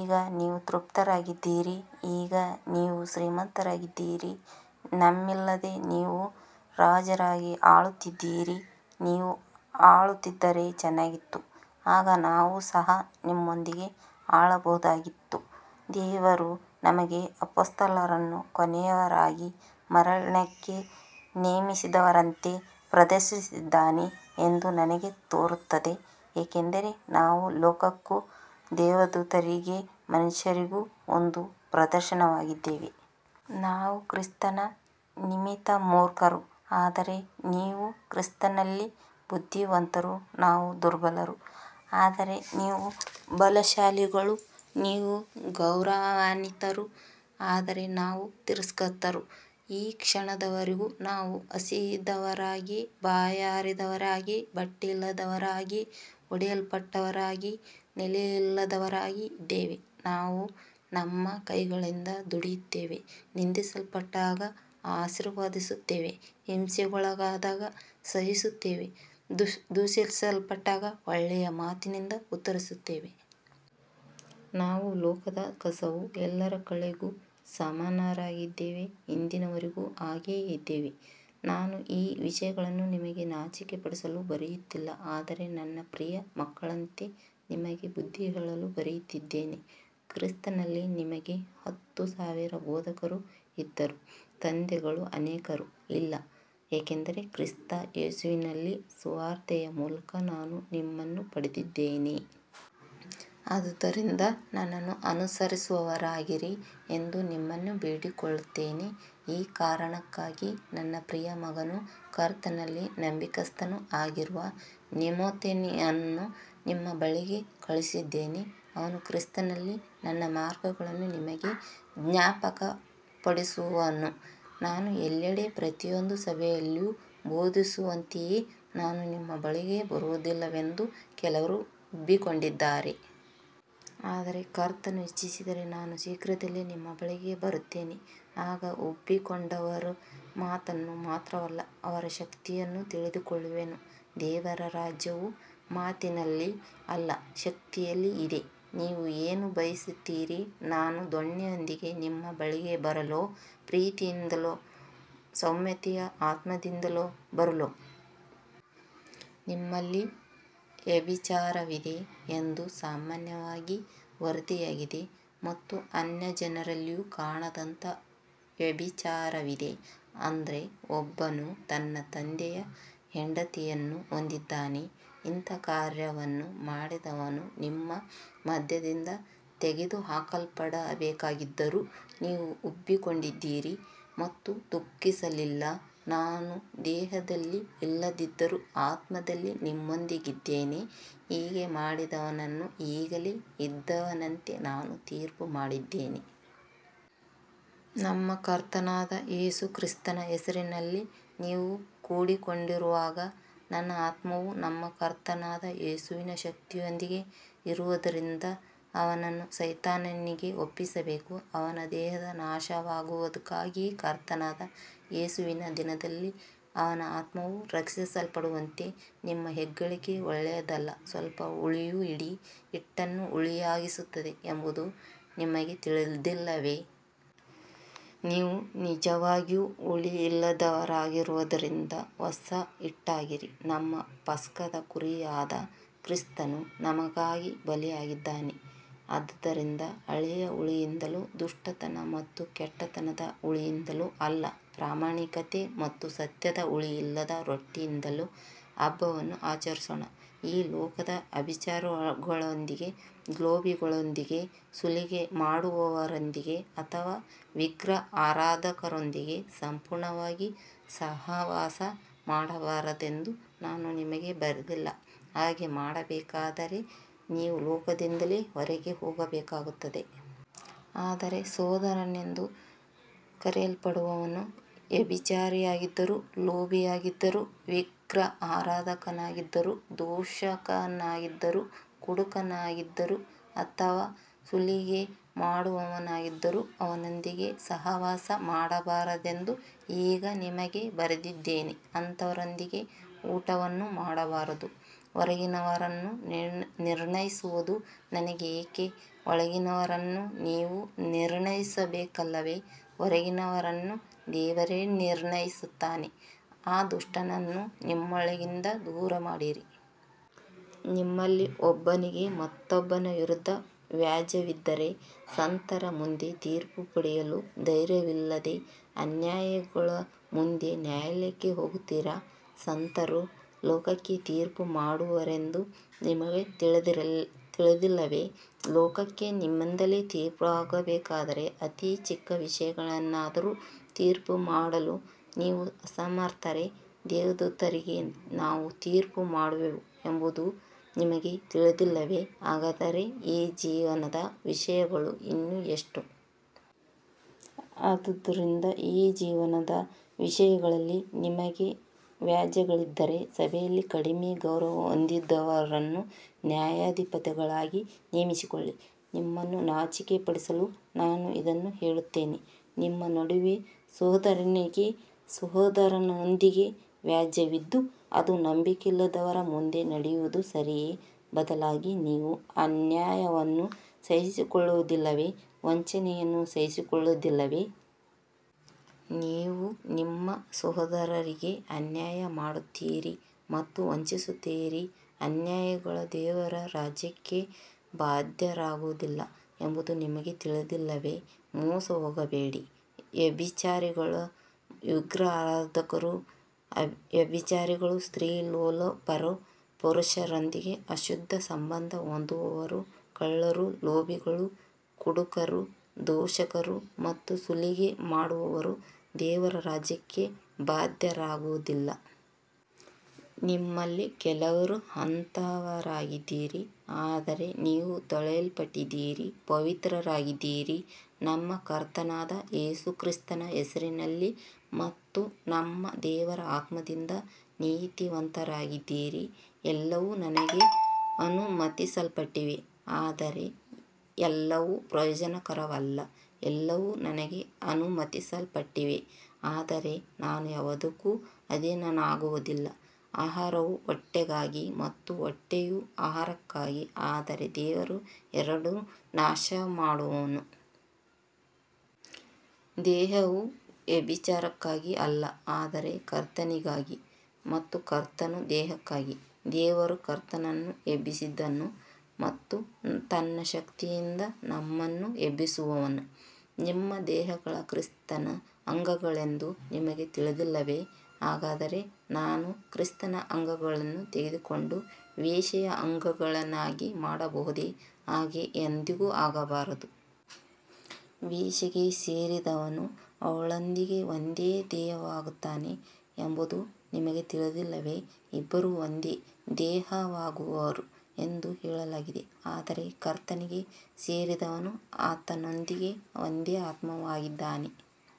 ಈಗ ನೀವು ತೃಪ್ತರಾಗಿದ್ದೀರಿ, ಈಗ ನೀವು ಶ್ರೀಮಂತರಾಗಿದ್ದೀರಿ, ನಮ್ಮಿಲ್ಲದೆ ನೀವು ರಾಜರಾಗಿ ಆಳುತ್ತಿದ್ದೀರಿ. ನೀವು ಆಳುತ್ತಿದ್ದರೆ ಚೆನ್ನಾಗಿತ್ತು, ಆಗ ನಾವು ಸಹ ನಿಮ್ಮೊಂದಿಗೆ ಆಳಬಹುದಾಗಿತ್ತು. ದೇವರು ನಮಗೆ ಅಪೊಸ್ತಲರನ್ನು ಕೊನೆಯವರಾಗಿ, ಮರಣಕ್ಕೆ ನೇಮಿಸಿದವರಂತೆ ಪ್ರದರ್ಶಿಸಿದ್ದಾನೆ ಎಂದು ನನಗೆ ತೋರುತ್ತದೆ, ಏಕೆಂದರೆ ನಾವು ಲೋಕಕ್ಕೂ ದೇವದೂತರಿಗೆ ಮನುಷ್ಯರಿಗೂ ಒಂದು ಪ್ರದರ್ಶನವಾಗಿದ್ದೇವೆ. ನಾವು ಕ್ರಿಸ್ತನ ನಿಮಿತ್ತ ಮೂರ್ಖರು, ಆದರೆ ನೀವು ಕ್ರಿಸ್ತನಲ್ಲಿ ಬುದ್ಧಿವಂತರು. ನಾವು ದುರ್ಬಲರು, ಆದರೆ ನೀವು ಬಲಶಾಲಿಗಳು. ನೀವು ಗೌರವಾನ್ವಿತರು, ಆದರೆ ನಾವು ತಿರಸ್ಕೃತರು. ಈ ಕ್ಷಣದವರೆಗೂ ನಾವು ಹಸಿದವರಾಗಿ, ಬಾಯಾರಿದವರಾಗಿ, ಬಟ್ಟೆಯಿಲ್ಲದವರಾಗಿ, ಹೊಡೆಯಲ್ಪಟ್ಟವರಾಗಿ, ನೆಲೆಯಿಲ್ಲದವರಾಗಿ ಇದ್ದೇವೆ. ನಾವು ನಮ್ಮ ಕೈಗಳಿಂದ ದುಡಿಯುತ್ತೇವೆ. ನಿಂದಿಸಲ್ಪಟ್ಟಾಗ ಆಶೀರ್ವದಿಸುತ್ತೇವೆ, ಹಿಂಸೆಗೊಳಗಾದಾಗ ಸಹಿಸುತ್ತೇವೆ, ದೂಷಿಸಲ್ಪಟ್ಟಾಗ ಒಳ್ಳೆಯ ಮಾತಿನಿಂದ ಉತ್ತರಿಸುತ್ತೇವೆ. ನಾವು ಲೋಕದ ಕಸವೂ ಎಲ್ಲರ ಕಳೆಗೂ ಸಮಾನರಾಗಿದ್ದೇವೆ, ಇಂದಿನವರೆಗೂ ಹಾಗೆಯೇ ಇದ್ದೇವೆ. ನಾನು ಈ ವಿಷಯಗಳನ್ನು ನಿಮಗೆ ನಾಚಿಕೆಪಡಿಸಲು ಬರೆಯುತ್ತಿಲ್ಲ, ಆದರೆ ನನ್ನ ಪ್ರಿಯ ಮಕ್ಕಳಂತೆ ನಿಮಗೆ ಬುದ್ಧಿಹೇಳಲು ಬರೆಯುತ್ತಿದ್ದೇನೆ. ಕ್ರಿಸ್ತನಲ್ಲಿ ನಿಮಗೆ ಹತ್ತು ಸಾವಿರ ಬೋಧಕರು ಇದ್ದರೂ ತಂದೆಗಳು ಅನೇಕರು ಇಲ್ಲ, ಏಕೆಂದರೆ ಕ್ರಿಸ್ತ ಯೇಸುವಿನಲ್ಲಿ ಸುವಾರ್ತೆಯ ಮೂಲಕ ನಾನು ನಿಮ್ಮನ್ನು ಪಡೆದಿದ್ದೇನೆ. ಆದ್ದರಿಂದ ನನ್ನನ್ನು ಅನುಸರಿಸುವವರಾಗಿರಿ ಎಂದು ನಿಮ್ಮನ್ನು ಬೇಡಿಕೊಳ್ಳುತ್ತೇನೆ. ಈ ಕಾರಣಕ್ಕಾಗಿ ನನ್ನ ಪ್ರಿಯ ಮಗನೂ ಕರ್ತನಲ್ಲಿ ನಂಬಿಗಸ್ತನೂ ಆಗಿರುವ ತಿಮೊಥೆಯನನ್ನು ನಿಮ್ಮ ಬಳಿಗೆ ಕಳುಹಿಸಿದ್ದೇನೆ. ಅವನು ಕ್ರಿಸ್ತನಲ್ಲಿ ನನ್ನ ಮಾರ್ಗಗಳನ್ನು ನಿಮಗೆ ಜ್ಞಾಪಕಪಡಿಸುವನು, ನಾನು ಎಲ್ಲೆಡೆ ಪ್ರತಿಯೊಂದು ಸಭೆಯಲ್ಲಿಯೂ ಬೋಧಿಸುವಂತೆಯೇ. ನಾನು ನಿಮ್ಮ ಬಳಿಗೆ ಬರುವುದಿಲ್ಲವೆಂದು ಕೆಲವರು ಉಬ್ಬಿಕೊಂಡಿದ್ದಾರೆ. ಆದರೆ ಕರ್ತನು ಇಚ್ಛಿಸಿದರೆ ನಾನು ಶೀಘ್ರದಲ್ಲೇ ನಿಮ್ಮ ಬಳಿಗೆ ಬರುತ್ತೇನೆ. ಆಗ ಉಬ್ಬಿಕೊಂಡವರ ಮಾತನ್ನು ಮಾತ್ರವಲ್ಲ, ಅವರ ಶಕ್ತಿಯನ್ನೂ ತಿಳಿದುಕೊಳ್ಳುವೆನು. ದೇವರ ರಾಜ್ಯವು ಮಾತಿನಲ್ಲಿ ಅಲ್ಲ, ಶಕ್ತಿಯಲ್ಲಿ ಇದೆ. ನೀವು ಏನು ಬಯಸುತ್ತೀರಿ, ನಾನು ದೊಣ್ಣೆಯೊಂದಿಗೆ ನಿಮ್ಮ ಬಳಿಗೆ ಬರಲೋ, ಪ್ರೀತಿಯಿಂದಲೂ ಸೌಮ್ಯತೆಯ ಆತ್ಮದಿಂದಲೂ ಬರಲೋ. ನಿಮ್ಮಲ್ಲಿ ವ್ಯಭಿಚಾರವಿದೆ ಎಂದು ಸಾಮಾನ್ಯವಾಗಿ ವರದಿಯಾಗಿದೆ, ಮತ್ತು ಅನ್ಯಜನರಲ್ಲಿಯೂ ಕಾಣದಂಥ ವ್ಯಭಿಚಾರವಿದೆ, ಅಂದರೆ ಒಬ್ಬನು ತನ್ನ ತಂದೆಯ ಹೆಂಡತಿಯನ್ನು ಹೊಂದಿದ್ದಾನೆ. ಇಂಥ ಕಾರ್ಯವನ್ನು ಮಾಡಿದವನು ನಿಮ್ಮ ಮಧ್ಯದಿಂದ ತೆಗೆದುಹಾಕಲ್ಪಡಬೇಕಾಗಿದ್ದರೂ ನೀವು ಉಬ್ಬಿಕೊಂಡಿದ್ದೀರಿ ಮತ್ತು ದುಃಖಿಸಲಿಲ್ಲ. ನಾನು ದೇಹದಲ್ಲಿ ಇಲ್ಲದಿದ್ದರೂ ಆತ್ಮದಲ್ಲಿ ನಿಮ್ಮೊಂದಿಗಿದ್ದೇನೆ. ಹೀಗೆ ಮಾಡಿದವನನ್ನು ಈಗಾಗಲೇ ಇದ್ದವನಂತೆ ನಾನು ತೀರ್ಪುಮಾಡಿದ್ದೇನೆ. ನಮ್ಮ ಕರ್ತನಾದ ಯೇಸು ಕ್ರಿಸ್ತನ ಹೆಸರಿನಲ್ಲಿ ನೀವು ಕೂಡಿಕೊಂಡಿರುವಾಗ, ನನ್ನ ಆತ್ಮವೂ ನಮ್ಮ ಕರ್ತನಾದ ಯೇಸುವಿನ ಶಕ್ತಿಯೊಂದಿಗೆ ಇರುವುದರಿಂದ, ಅವನನ್ನು ಸೈತಾನನಿಗೆ ಒಪ್ಪಿಸಬೇಕು, ಅವನ ದೇಹದ ನಾಶವಾಗುವುದಕ್ಕಾಗಿ, ಕರ್ತನಾದ ಯೇಸುವಿನ ದಿನದಲ್ಲಿ ಅವನ ಆತ್ಮವು ರಕ್ಷಿಸಲ್ಪಡುವಂತೆ. ನಿಮ್ಮ ಹೆಗ್ಗಳಿಕೆ ಒಳ್ಳೆಯದಲ್ಲ. ಸ್ವಲ್ಪ ಹುಳಿಯು ಇಡೀ ಹಿಟ್ಟನ್ನು ಹುಳಿಯಾಗಿಸುತ್ತದೆ ಎಂಬುದು ನಿಮಗೆ ತಿಳಿದಿಲ್ಲವೇ. ನೀವು ನಿಜವಾಗಿಯೂ ಹುಳಿಯಿಲ್ಲದವರಾಗಿರುವುದರಿಂದ ಹೊಸ ಹಿಟ್ಟಾಗಿರಿ. ನಮ್ಮ ಪಸ್ಕದ ಕುರಿಯಾದ ಕ್ರಿಸ್ತನು ನಮಗಾಗಿ ಬಲಿಯಾಗಿದ್ದಾನೆ. ಆದ್ದರಿಂದ ಹಳೆಯ ಹುಳಿಯಿಂದಲೂ ದುಷ್ಟತನ ಮತ್ತು ಕೆಟ್ಟತನದ ಹುಳಿಯಿಂದಲೂ ಅಲ್ಲ, ಪ್ರಾಮಾಣಿಕತೆ ಮತ್ತು ಸತ್ಯದ ಹುಳಿಯಿಲ್ಲದ ರೊಟ್ಟಿಯಿಂದಲೂ ಹಬ್ಬವನ್ನು ಆಚರಿಸೋಣ. ಈ ಲೋಕದ ವ್ಯಭಿಚಾರಿಗಳೊಂದಿಗೆ, ಲೋಭಿಗಳೊಂದಿಗೆ, ಸುಲಿಗೆ ಮಾಡುವವರೊಂದಿಗೆ ಅಥವಾ ವಿಗ್ರಹಾರಾಧಕರೊಂದಿಗೆ ಸಂಪೂರ್ಣವಾಗಿ ಸಹವಾಸ ಮಾಡಬಾರದೆಂದು ನಾನು ನಿಮಗೆ ಬರೆದಿಲ್ಲ, ಹಾಗೆ ಮಾಡಬೇಕಾದರೆ ನೀವು ಲೋಕದಿಂದಲೇ ಹೊರಗೆ ಹೋಗಬೇಕಾಗುತ್ತದೆ. ಆದರೆ ಸಹೋದರನೆಂದು ಕರೆಯಲ್ಪಡುವವನು ವ್ಯಭಿಚಾರಿಯಾಗಿದ್ದರೂ, ಲೋಭಿಯಾಗಿದ್ದರೂ, ವಿಗ್ರಹಾರಾಧಕನಾಗಿದ್ದರೂ, ದೂಷಕನಾಗಿದ್ದರೂ, ಕುಡುಕನಾಗಿದ್ದರೂ ಅಥವಾ ಸುಲಿಗೆ ಮಾಡುವವನಾಗಿದ್ದರೂ ಅವನೊಂದಿಗೆ ಸಹವಾಸ ಮಾಡಬಾರದೆಂದು ಈಗ ನಿಮಗೆ ಬರೆದಿದ್ದೇನೆ, ಅಂಥವನೊಂದಿಗೆ ಊಟವನ್ನೂ ಮಾಡಬಾರದು. ಹೊರಗಿನವರನ್ನು ನಿರ್ಣಯಿಸುವುದು ನನಗೆ ಏಕೆ. ಒಳಗಿನವರನ್ನು ನೀವು ನಿರ್ಣಯಿಸಬೇಕಲ್ಲವೇ. ಹೊರಗಿನವರನ್ನು ದೇವರೇ ನಿರ್ಣಯಿಸುತ್ತಾನೆ. ಆ ದುಷ್ಟನನ್ನು ನಿಮ್ಮೊಳಗಿಂದ ದೂರಮಾಡಿರಿ. ನಿಮ್ಮಲ್ಲಿ ಒಬ್ಬನಿಗೆ ಮತ್ತೊಬ್ಬನ ವಿರುದ್ಧ ವ್ಯಾಜ್ಯವಿದ್ದರೆ, ಸಂತರ ಮುಂದೆ ತೀರ್ಪು ಪಡೆಯಲು ಧೈರ್ಯವಿಲ್ಲದೆ ಅನ್ಯಾಯಿಗಳ ಮುಂದೆ ನ್ಯಾಯಾಲಯಕ್ಕೆ ಹೋಗುತ್ತೀರಾ. ಸಂತರು ಲೋಕಕ್ಕೆ ತೀರ್ಪು ಮಾಡುವರೆಂದು ನಿಮಗೆ ತಿಳಿದಿಲ್ಲವೇ. ಲೋಕಕ್ಕೆ ನಿಮ್ಮಿಂದಲೇ ತೀರ್ಪಾಗಬೇಕಾದರೆ, ಅತಿ ಚಿಕ್ಕ ವಿಷಯಗಳನ್ನಾದರೂ ತೀರ್ಪುಮಾಡಲು ನೀವು ಅಸಮರ್ಥರೇ. ದೇವದೂತರಿಗೆ ನಾವು ತೀರ್ಪು ಮಾಡುವೆವು ಎಂಬುದು ನಿಮಗೆ ತಿಳಿದಿಲ್ಲವೇ, ಹಾಗಾದರೆ ಈ ಜೀವನದ ವಿಷಯಗಳು ಇನ್ನೂ ಎಷ್ಟು. ಆದ್ದರಿಂದ ಈ ಜೀವನದ ವಿಷಯಗಳಲ್ಲಿ ನಿಮಗೆ ವ್ಯಾಜ್ಯಗಳಿದ್ದರೆ, ಸಭೆಯಲ್ಲಿ ಕಡಿಮೆ ಗೌರವ ಹೊಂದಿರುವವರನ್ನು ನ್ಯಾಯಾಧಿಪತಿಗಳಾಗಿ ನೇಮಿಸಿಕೊಳ್ಳಿ. ನಿಮ್ಮನ್ನು ನಾಚಿಕೆಪಡಿಸಲು ನಾನು ಇದನ್ನು ಹೇಳುತ್ತೇನೆ. ನಿಮ್ಮ ನಡುವೆ ಸಹೋದರನಿಗೆ ಸಹೋದರನೊಂದಿಗೆ ವ್ಯಾಜ್ಯವಿದ್ದು, ಅದು ನಂಬಿಕೆಯಿಲ್ಲದವರ ಮುಂದೆ ನಡೆಯುವುದು ಸರಿಯೇ. ಬದಲಾಗಿ ನೀವು ಅನ್ಯಾಯವನ್ನು ಸಹಿಸಿಕೊಳ್ಳುವುದಿಲ್ಲವೇ, ವಂಚನೆಯನ್ನು ಸಹಿಸಿಕೊಳ್ಳುವುದಿಲ್ಲವೇ. ನೀವು ನಿಮ್ಮ ಸಹೋದರರಿಗೇ ಅನ್ಯಾಯ ಮಾಡುತ್ತೀರಿ ಮತ್ತು ವಂಚಿಸುತ್ತೀರಿ. ಅನ್ಯಾಯಿಗಳು ದೇವರ ರಾಜ್ಯಕ್ಕೆ ಬಾಧ್ಯರಾಗುವುದಿಲ್ಲ ಎಂಬುದು ನಿಮಗೆ ತಿಳಿದಿಲ್ಲವೇ. ಮೋಸಹೋಗಬೇಡಿ. ವ್ಯಭಿಚಾರಿಗಳು, ವಿಗ್ರಹಾರಾಧಕರು, ವ್ಯಭಿಚಾರಿಗಳು, ಸ್ತ್ರೀಲೋಲುಪರು, ಪುರುಷರೊಂದಿಗೆ ಅಶುದ್ಧ ಸಂಬಂಧ ಹೊಂದುವವರು, ಕಳ್ಳರು, ಲೋಭಿಗಳು, ಕುಡುಕರು, ದೂಷಕರು ಮತ್ತು ಸುಲಿಗೆ ಮಾಡುವವರು ದೇವರ ರಾಜ್ಯಕ್ಕೆ ಬಾಧ್ಯರಾಗುವುದಿಲ್ಲ. ನಿಮ್ಮಲ್ಲಿ ಕೆಲವರು ಅಂತಹವರಾಗಿದ್ದಿರಿ. ಆದರೆ ನೀವು ತೊಳೆಯಲ್ಪಟ್ಟಿದ್ದೀರಿ, ಪವಿತ್ರರಾಗಿದ್ದೀರಿ, ನಮ್ಮ ಕರ್ತನಾದ ಯೇಸು ಕ್ರಿಸ್ತನ ಹೆಸರಿನಲ್ಲಿ ಮತ್ತು ನಮ್ಮ ದೇವರ ಆತ್ಮದಿಂದ ನೀತಿವಂತರಾಗಿದ್ದೀರಿ. ಎಲ್ಲವೂ ನನಗೆ ಅನುಮತಿಸಲ್ಪಟ್ಟಿವೆ, ಆದರೆ ಎಲ್ಲವೂ ಪ್ರಯೋಜನಕರವಲ್ಲ. ಎಲ್ಲವೂ ನನಗೆ ಅನುಮತಿಸಲ್ಪಟ್ಟಿವೆ, ಆದರೆ ನಾನು ಯಾವುದಕ್ಕೂ ಅಧೀನನಾಗುವುದಿಲ್ಲ. ಆಹಾರವು ಹೊಟ್ಟೆಗಾಗಿ ಮತ್ತು ಹೊಟ್ಟೆಯು ಆಹಾರಕ್ಕಾಗಿ, ಆದರೆ ದೇವರು ಎರಡನ್ನೂ ನಾಶಮಾಡುವನು. ದೇಹವು ವ್ಯಭಿಚಾರಕ್ಕಾಗಿ ಅಲ್ಲ, ಆದರೆ ಕರ್ತನಿಗಾಗಿ, ಮತ್ತು ಕರ್ತನು ದೇಹಕ್ಕಾಗಿ. ದೇವರು ಕರ್ತನನ್ನು ಎಬ್ಬಿಸಿದನು ಮತ್ತು ತನ್ನ ಶಕ್ತಿಯಿಂದ ನಮ್ಮನ್ನೂ ಎಬ್ಬಿಸುವನು. ನಿಮ್ಮ ದೇಹಗಳು ಕ್ರಿಸ್ತನ ಅಂಗಗಳೆಂದು ನಿಮಗೆ ತಿಳಿದಿಲ್ಲವೇ. ಹಾಗಾದರೆ ನಾನು ಕ್ರಿಸ್ತನ ಅಂಗಗಳನ್ನು ತೆಗೆದುಕೊಂಡು ವೇಶ್ಯೆಯ ಅಂಗಗಳನ್ನಾಗಿ ಮಾಡಬಹುದೇ. ಹಾಗೆ ಎಂದಿಗೂ ಆಗಬಾರದು. ವೇಶ್ಯೆಗೆ ಸೇರಿದವನು ಅವಳೊಂದಿಗೆ ಒಂದೇ ದೇಹವಾಗುತ್ತಾನೆ ಎಂಬುದು ನಿಮಗೆ ತಿಳಿದಿಲ್ಲವೇ, ಇಬ್ಬರೂ ಒಂದೇ ದೇಹವಾಗುವರು ಎಂದು ಹೇಳಲಾಗಿದೆ. ಆದರೆ ಕರ್ತನಿಗೆ ಸೇರಿದವನು ಆತನೊಂದಿಗೆ ಒಂದೇ ಆತ್ಮವಾಗಿದ್ದಾನೆ.